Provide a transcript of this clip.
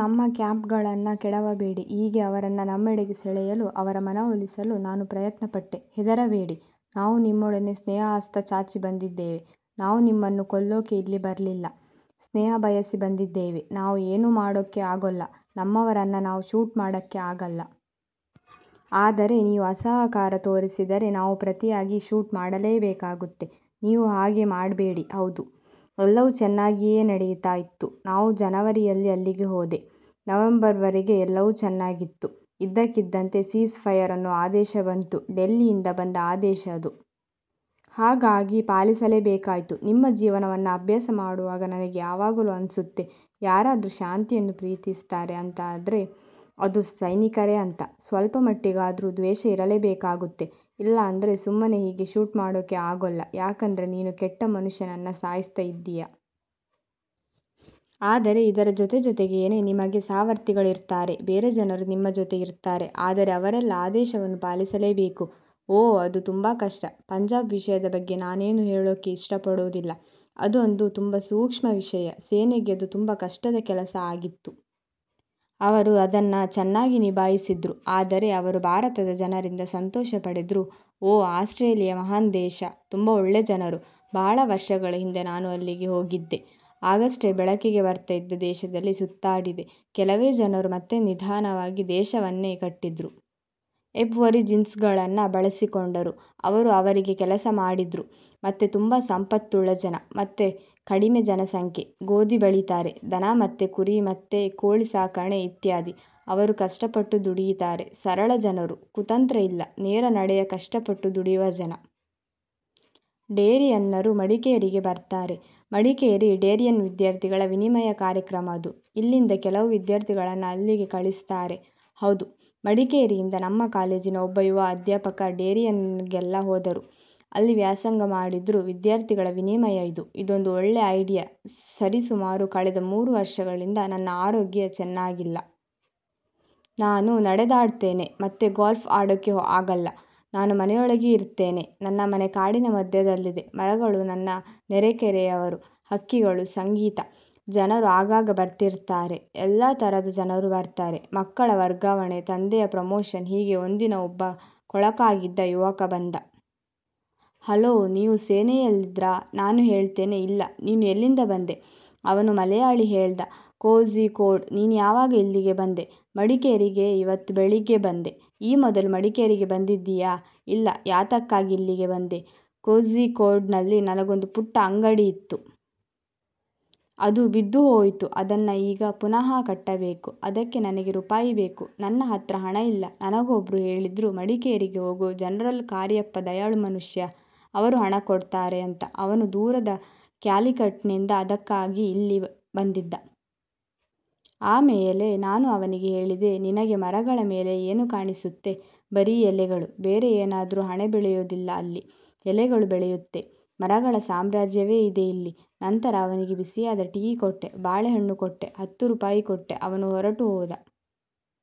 ನಮ್ಮ ಕ್ಯಾಂಪ್ಗಳನ್ನ ಕೆಡವಬೇಡಿ. ಹೀಗೆ ಅವರನ್ನ ನಮ್ಮೆಡೆಗೆ ಸೆಳೆಯಲು, ಅವರ ಮನವೊಲಿಸಲು ನಾನು ಪ್ರಯತ್ನ ಪಟ್ಟೆ. ಹೆದರಬೇಡಿ ನಾವು ನಿಮ್ಮೊಡನೆ ಸ್ನೇಹಹಸ್ತ ಚಾಚಿ ಬಂದಿದ್ದೇವೆ. ನಾವು ನಿಮ್ಮನ್ನು ಕೊಲ್ಲೋಕೆ ಇಲ್ಲಿ ಬರ್ಲಿಲ್ಲ. ಸ್ನೇಹ ಬಯಸಿ ಬಂದಿದ್ದೇವೆ. ನಾವು ಏನೂ ಮಾಡೋಕ್ಕೆ ಆಗೋಲ್ಲ. ನಮ್ಮವರನ್ನ ನಾವು ಶೂಟ್ ಮಾಡಕ್ಕೆ ಆಗಲ್ಲ. ಆದರೆ ನೀವು ಅಸಹಕಾರ ತೋರಿಸಿದರೆ ನಾವು ಪ್ರತಿಯಾಗಿ ಶೂಟ್ ಮಾಡಲೇಬೇಕಾಗುತ್ತೆ. ನೀವು ಹಾಗೆ ಮಾಡ್ಬೇಡಿ ಹೌದು. ಎಲ್ಲವೂ ಚೆನ್ನಾಗಿಯೇ ನಡೀತಾ ಇತ್ತು. ನಾನು ಜನವರಿಯಲ್ಲಿ ಅಲ್ಲಿಗೆ ಹೋದೆ. ನವೆಂಬರ್ವರೆಗೆ ಎಲ್ಲವೂ ಚೆನ್ನಾಗಿತ್ತು. ಇದ್ದಕ್ಕಿದ್ದಂತೆ "ಸೀಜ್ ಫಯರ್" ಅನ್ನೋ ಆದೇಶ ಬಂತು. ಡೆಲ್ಲಿಯಿಂದ ಬಂದ ಆದೇಶ ಅದು. ಹಾಗಾಗಿ ಪಾಲಿಸಲೇ ಬೇಕಾಯ್ತು. ನಿಮ್ಮ ಜೀವನವನ್ನ ಅಭ್ಯಾಸ ಮಾಡುವಾಗ ನನಗೆ ಯಾವಾಗಲೂ ಅನ್ಸುತ್ತೆ, ಯಾರಾದ್ರು ಶಾಂತಿಯನ್ನು ಪ್ರೀತಿಸ್ತಾರೆ ಅಂತ ಆದ್ರೆ ಅದು ಸೈನಿಕರೇ ಅಂತ. ಸ್ವಲ್ಪ ಮಟ್ಟಿಗಾದ್ರೂ ದ್ವೇಷ ಇರಲೇಬೇಕಾಗುತ್ತೆ. ಇಲ್ಲಾಂದ್ರೆ ಸುಮ್ಮನೆ ಹೀಗೆ ಶೂಟ್ ಮಾಡೋಕೆ ಆಗೋಲ್ಲ. ಯಾಕಂದ್ರೆ ನೀನು ಕೆಟ್ಟ ಮನುಷ್ಯನನ್ನ ಸಾಯಿಸ್ತ ಇದ್ದೀಯ. ಆದರೆ ಇದರ ಜೊತೆ ಜೊತೆಗೇನೆ ನಿಮಗೆ ಸಹವರ್ತಿಗಳಿರ್ತಾರೆ. ಬೇರೆ ಜನರು ನಿಮ್ಮ ಜೊತೆ ಇರ್ತಾರೆ. ಆದರೆ ಅವರೆಲ್ಲ ಆದೇಶವನ್ನು ಪಾಲಿಸಲೇಬೇಕು. ಓ, ಅದು ತುಂಬಾ ಕಷ್ಟ. ಪಂಜಾಬ್ ವಿಷಯದ ಬಗ್ಗೆ ನಾನೇನು ಹೇಳೋಕ್ಕೆ ಇಷ್ಟಪಡೋದಿಲ್ಲ. ಅದೊಂದು ತುಂಬಾ ಸೂಕ್ಷ್ಮ ವಿಷಯ. ಸೇನೆಗೆ ಅದು ತುಂಬಾ ಕಷ್ಟದ ಕೆಲಸ ಆಗಿತ್ತು. ಅವರು ಅದನ್ನ ಚೆನ್ನಾಗಿ ನಿಭಾಯಿಸಿದ್ರು. ಆದರೆ ಅವರು ಭಾರತದ ಜನರಿಂದ ಸಂತೋಷ ಪಡೆದ್ರು. ಓ, ಆಸ್ಟ್ರೇಲಿಯಾ ಮಹಾನ್ ದೇಶ. ತುಂಬಾ ಒಳ್ಳೆ ಜನರು. ಬಹಳ ವರ್ಷಗಳ ಹಿಂದೆ ನಾನು ಅಲ್ಲಿಗೆ ಹೋಗಿದ್ದೆ. ಆಗಷ್ಟೇ ಬೆಳಕಿಗೆ ಬರ್ತಾ ಇದ್ದ ದೇಶದಲ್ಲಿ ಸುತ್ತಾಡಿದೆ. ಕೆಲವೇ ಜನರು ಮತ್ತೆ ನಿಧಾನವಾಗಿ ದೇಶವನ್ನೆ ಕಟ್ಟಿದ್ರು. ಎಬ್ಓರಿಜಿನ್ಸ್ಗಳನ್ನ ಬಳಸಿಕೊಂಡರು. ಅವರು ಅವರಿಗೆ ಕೆಲಸ ಮಾಡಿದ್ರು. ಮತ್ತೆ ತುಂಬಾ ಸಂಪತ್ತುಳ್ಳ ಜನ. ಮತ್ತೆ ಕಡಿಮೆ ಜನಸಂಖ್ಯೆ. ಗೋಧಿ ಬೆಳಿತಾರೆ. ದನ ಮತ್ತೆ ಕುರಿ ಮತ್ತೆ ಕೋಳಿ ಸಾಕಣೆ ಇತ್ಯಾದಿ. ಅವರು ಕಷ್ಟ ಪಟ್ಟು ದುಡೀತಾರೆ. ಸರಳ ಜನರು. ಕುತಂತ್ರ ಇಲ್ಲ. ನೇರ ನಡೆಯ ಕಷ್ಟ ಪಟ್ಟು ದುಡಿವ ಜನ. ಡೇರಿಯನ್ನರು ಮಡಿಕೇರಿಗೆ ಬರ್ತಾರೆ. ಮಡಿಕೇರಿ ಡೇರಿಯನ್ ವಿದ್ಯಾರ್ಥಿಗಳ ವಿನಿಮಯ ಕಾರ್ಯಕ್ರಮ ಅದು. ಇಲ್ಲಿಂದ ಕೆಲವು ವಿದ್ಯಾರ್ಥಿಗಳನ್ನ ಅಲ್ಲಿಗೆ ಕಳಿಸ್ತಾರೆ. ಹೌದು. ಮಡಿಕೇರಿಯಿಂದ ನಮ್ಮ ಕಾಲೇಜಿನ ಒಬ್ಬ ಯುವ ಅಧ್ಯಾಪಕ ಡೇರಿಯನ್ಗೆಲ್ಲ ಹೋದರು. ಅಲ್ಲಿ ವ್ಯಾಸಂಗ ಮಾಡಿದ್ರು. ವಿದ್ಯಾರ್ಥಿಗಳ ವಿನಿಮಯ ಇದು. ಇದೊಂದು ಒಳ್ಳೆ ಐಡಿಯಾ. ಸರಿಸುಮಾರು ಕಳೆದ ಮೂರು ವರ್ಷಗಳಿಂದ ನನ್ನ ಆರೋಗ್ಯ ಚೆನ್ನಾಗಿಲ್ಲ. ನಾನು ನಡೆದಾಡ್ತೇನೆ. ಮತ್ತೆ ಗಾಲ್ಫ್ ಆಡೋಕೆ ಆಗಲ್ಲ. ನಾನು ಮನೆಯೊಳಗೆ ಇರ್ತೀನೆ. ನನ್ನ ಮನೆ ಕಾಡಿನ ಮಧ್ಯದಲ್ಲಿದೆ. ಮರಗಳು, ನನ್ನ ನೆರೆಕೆರೆಯವರು, ಹಕ್ಕಿಗಳು, ಸಂಗೀತ. ಜನರು ಆಗಾಗ ಬರ್ತಿರ್ತಾರೆ. ಎಲ್ಲಾ ತರದ ಜನರು ಬರ್ತಾರೆ. ಮಕ್ಕಳ ವರ್ಗಾವಣೆ, ತಂದೆಯ ಪ್ರಮೋಶನ್ ಹೀಗೆ ಒಂದಿನ ಒಬ್ಬ ಕೊಳಕಾಗಿದ್ದ ಯುವಕ ಬಂದ. 'ಹಲೋ, ನೀವು ಸೇನೆಯಲ್ಲಿದ್ರಾ? ' ನಾನು ಹೇಳ್ತೇನೆ 'ಇಲ್ಲಾ' 'ನೀನು ಎಲ್ಲಿಂದ ಬಂದೆ? ' ಅವನು ಮಲೆಯಾಳಿ, ಹೇಳ್ದ 'ಕೋಝಿಕೋಡ್' 'ನೀನ್ಯಾವಾಗ ಇಲ್ಲಿಗೆ ಬಂದೆ? ' 'ಮಡಿಕೇರಿಗೆ ಇವತ್ತು ಬೆಳಿಗ್ಗೆ ಬಂದೆ' 'ಈ ಮೊದಲು ಮಡಿಕೇರಿಗೆ ಬಂದಿದಿಯಾ? ' 'ಇಲ್ಲ' 'ಯಾತಕ್ಕಾಗಿ ಇಲ್ಲಿಗೆ ಬಂದೆ? ' ಕೋಝಿಕೋಡ್ನಲ್ಲಿ ನನಗೊಂದು ಪುಟ್ಟ ಅಂಗಡಿಯಿತ್ತು. ಅದು ಬಿದ್ದು ಹೋಯಿತು. ಅದನ್ನ ಈಗ ಪುನಃ ಕಟ್ಟಬೇಕು. ಅದಕ್ಕೆ ನನಗೆ ರೂಪಾಯಿ ಬೇಕು. ನನ್ನ ಹತ್ರ ಹಣ ಇಲ್ಲ. ನನಗೊಬ್ರು ಹೇಳಿದ್ರು – ಮಡಿಕೇರಿಗೆ ಹೋಗು, ಜನರಲ್ ಕಾರಿಯಪ್ಪ ದಯಾಳು ಮನುಷ್ಯ. ಅವರು ಹಣ ಕೊಡ್ತಾರೆ' ಅಂತ. ಅವನು ದೂರದ ಕ್ಯಾಲಿಕಟ್ನಿಂದ ಅದಕ್ಕಾಗಿ ಇಲ್ಲಿ ಬಂದಿದ್ದ. ಆಮೇಲೆ ನಾನು ಅವನಿಗೆ ಹೇಳಿದೆ. ನಿನಗೆ ಮರಗಳ ಮೇಲೆ ಏನು ಕಾಣಿಸುತ್ತೆ? ಬರೀ ಎಲೆಗಳು. ಬೇರೆ ಏನಾದ್ರೂ? ಹಣ ಬೆಳೆಯೋದಿಲ್ಲ ಅಲ್ಲಿ. ಎಲೆಗಳು ಬೆಳೆಯುತ್ತೆ. ಮರಗಳ ಸಾಮ್ರಾಜ್ಯವೇ ಇದೆ ಇಲ್ಲಿ. ನಂತರ ಅವನಿಗೆ ಬಿಸಿಯಾದ ಟೀ ಕೊಟ್ಟೆ. ಬಾಳೆಹಣ್ಣು ಕೊಟ್ಟೆ, ಹತ್ತು ರೂಪಾಯಿ ಕೊಟ್ಟೆ. ಅವನು ಹೊರಟು ಹೋದ.